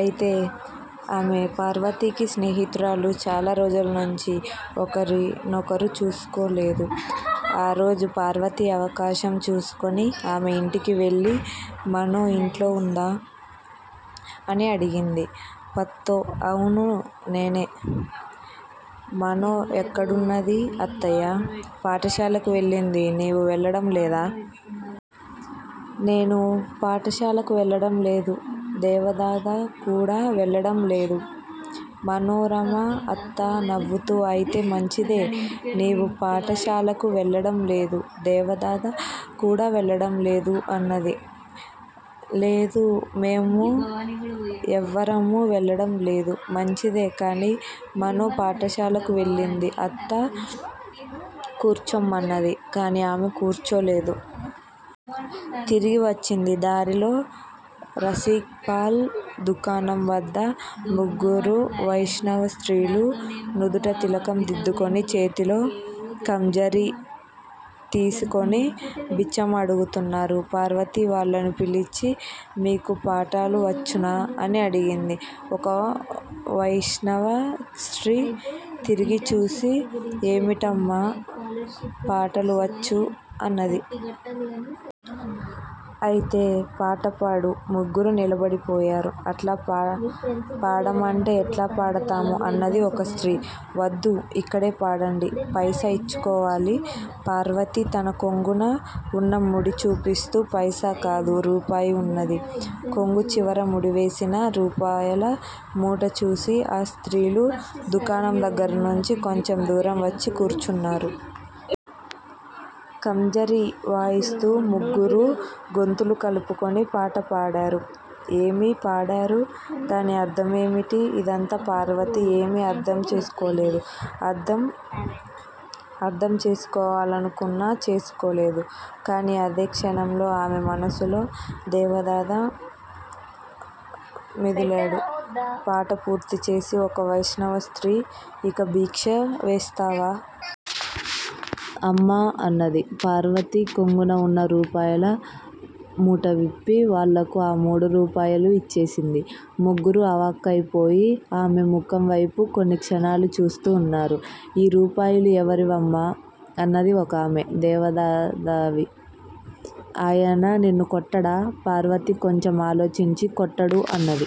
అయితే ఆమె పార్వతికి స్నేహితురాలు చాలా రోజులనుంచి ఒకరి నొకరు చూసుకోలేదు. ఈ రోజు, పార్వతి అవకాశం చూసుకొని ఆమె ఇంటికి వెళ్ళి మనో ఇంట్లో వుందా? అని అడిగింది. పత్తో! అవును నేనే. మనో ఎక్కడున్నది అత్తయ్యా? పాఠశాలకు వెళ్ళింది నీవు వెళ్ళడం లేదా? నేను పాఠశాలకు వెళ్ళడంలేదు. దేవదాదా కూడా వెళ్ళడం లేదు. మనోరమ అత్త నవ్వుతూ అయితే మంచిదే! నీవూ పాఠ శాలకు వెళ్ళడంలేదు. దేవదాదా కూడా వెళ్ళడంలేదు అన్నది. లేదు, మేము ఎవ్వరమూ వెళ్ళడంలేదు. మంచిదే, కాని మనో పాఠశాలకు వెళ్ళింది. అత్త కూర్చోమన్నది. కాని ఆమె కూర్చోలేదు. తిరిగి వచ్చింది. దారిలో రసిక్ పాల్ దుకాణం వద్ద ముగ్గురు వైష్ణవ స్త్రీలు నుదుట తిలకం దిద్దుకుని, చేతిలో ఖంజరి తీసికొని బిచ్చం అడుగుతున్నారు. పార్వతి వాళ్ళను పిలిచి మీకు పాటలు వచ్చునా? అని అడిగింది. ఒక వైష్ణవ స్త్రీ తిరిగి చూసింది ఏమిటమ్మా, పాటలు వచ్చు అన్నది. అయితే పాట పాడు! ముగ్గురూ నిలబడిపోయారు! ఇట్లా పాడమంటే ఎట్లా పాడతాము అన్నది ఒక స్త్రీ. వద్దు, ఇక్కడే పాడండి! పైసా ఇచ్చుకోవాలి! పార్వతి తన కొంగున ఉన్న ముడి చూపిస్తూ పైసా కాదు, రూపాయి వున్నది. కొంగు చివర ముడివేసిన రూపాయల మూట చూసి ఆ స్త్రీలు దుకాణం దగ్గర నుంచి కొంచెం దూరం వచ్చి కూర్చున్నారు. ఖంజరి వాయిస్తూ ముగ్గురూ గొంతులు కలుపుకొని పాట పాడారు. ఏమి పాడారు, దాని అర్ధమేమిటీ, ఇదంతా పార్వతి ఏమీ అర్ధం చేసుకోలేదు. అర్ధం చేసుకోవాలనుకున్నా చేసుకోలేదు. కాని అదే క్షణంలో ఆమె మనసులో దేవదాదా మెదిలాడు. పాట పూర్తిచేసి ఒక వైష్ణవ స్త్రీ ఇక భిక్ష వేస్తావా! అమ్మా! అన్నది. పార్వతి కొంగున ఉన్న రూపాయల మూట విప్పి వాళ్ళకు ఆ మూడు రూపాయలూ ఇచ్చేసింది. ముగ్గురూ అవాక్కయిపోయి ఆమె ముఖం వైపు కొన్ని క్షణాలు చూస్తూ వున్నారు. ఈ రూపాయలు ఎవరివమ్మా? అన్నది ఒకామె. దేవదాదావి. ఆయన నిన్ను కొట్టడా? పార్వతి కొంచెం ఆలోచించి కొట్టడు అన్నది.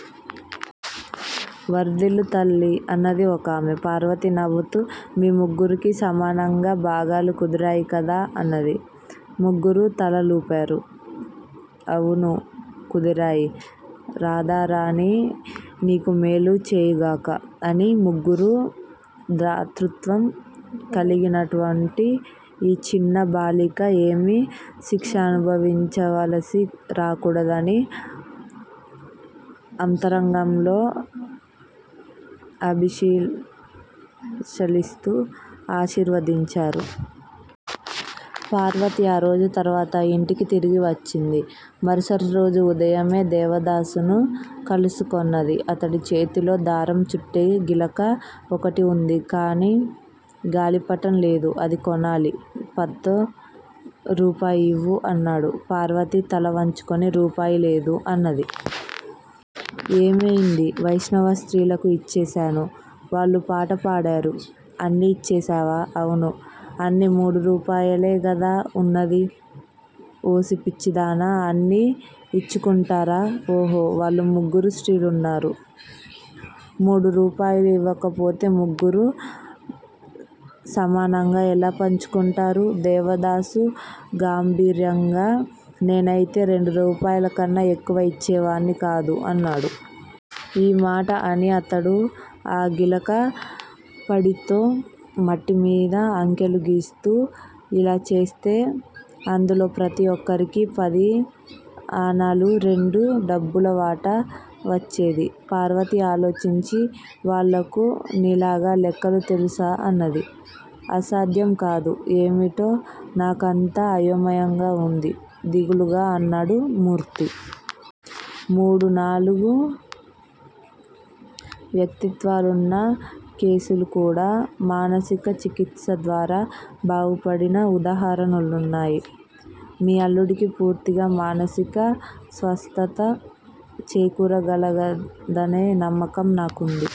వర్ధిల్లు తల్లీ అన్నది ఒకామె. పార్వతి నవ్వుతూ మీ ముగ్గురికీ సమానంగా బాగాలు కుదిరాయి గదా! అన్నది. ముగ్గురూ తల లూపారు. అవును కుదిరాయి. రాధారాణి నీకు మేలు చేయుగాక! అని ముగ్గురూ దాతృత్వం కలిగినటువంటి ఈ చిన్న బాలిక ఏమీ శిక్ష అనుభవించవలసి రాకూడదని అంతరంగంలో అభిలషిస్తూ ఆశీర్వదించారు. పార్వతి ఆ రోజు త్వరగా ఇంటికి తిరిగి వచ్చింది. మరుసటి రోజు ఉదయమే దేవదాసును కలుసుకొన్నది. అతడి చేతిలో దారం చుట్టే గిలక ఒకటి వుంది. కాని గాలిపటం లేదు. అది కొనాలి. పత్తో, రూపాయి ఇవ్వు. అన్నాడు. పార్వతి తల వంచుకొని రూపాయి లేదు అన్నది. ఏమయింది? వైష్ణవ స్త్రీలకు ఇచ్చేశాను. వాళ్ళు పాట పాడారు. అన్నీ ఇచ్చేశావా? అవును, అన్ని మూడు రూపాయలే గదా వున్నది? ఓసి పిచ్చిదానా, అన్నీ ఇచ్చుకుంటారా? ఓహో! వాళ్ళు ముగ్గురు స్త్రీలున్నారు. మూడు రూపాయలు ఇవ్వకపోతే ముగ్గురూ సమానంగా ఎలా పంచుకుంటారు? దేవదాసు గాంభీర్యంగా నేనయితే రెండు రూపాయలు కన్నా ఎక్కువ ఇచ్చేవాణ్ని కాదు-అన్నాడు. ఈ మాట అని అతడు ఆ గిలక పిడితో మట్టిమీద అంకెలు గీస్తూ ఇలా చేస్తే అందులో ప్రతి ఒక్కరికీ పది అణాలు రెండు డబ్బుల వాటా వచ్చేది. పార్వతి ఆలోచించి వాళ్ళకు నీలాగా లెక్కలు తెలుసా? అన్నది. అసాధ్యంకాదు. ఏమిటో నాకంతా అయోమయంగా వుంది దిగులుగా అన్నాడు మూర్తి. మూడు నాలుగు వ్యక్తిత్వాలున్న కేసులుకూడా, మానసిక చికిత్స ద్వారా బాగుపడిన ఉదాహరణలున్నాయి. మీ అల్లుడికి పూర్తిగా మానసిక స్వస్థత చేకూరగలదనే నమ్మకం నాకుంది.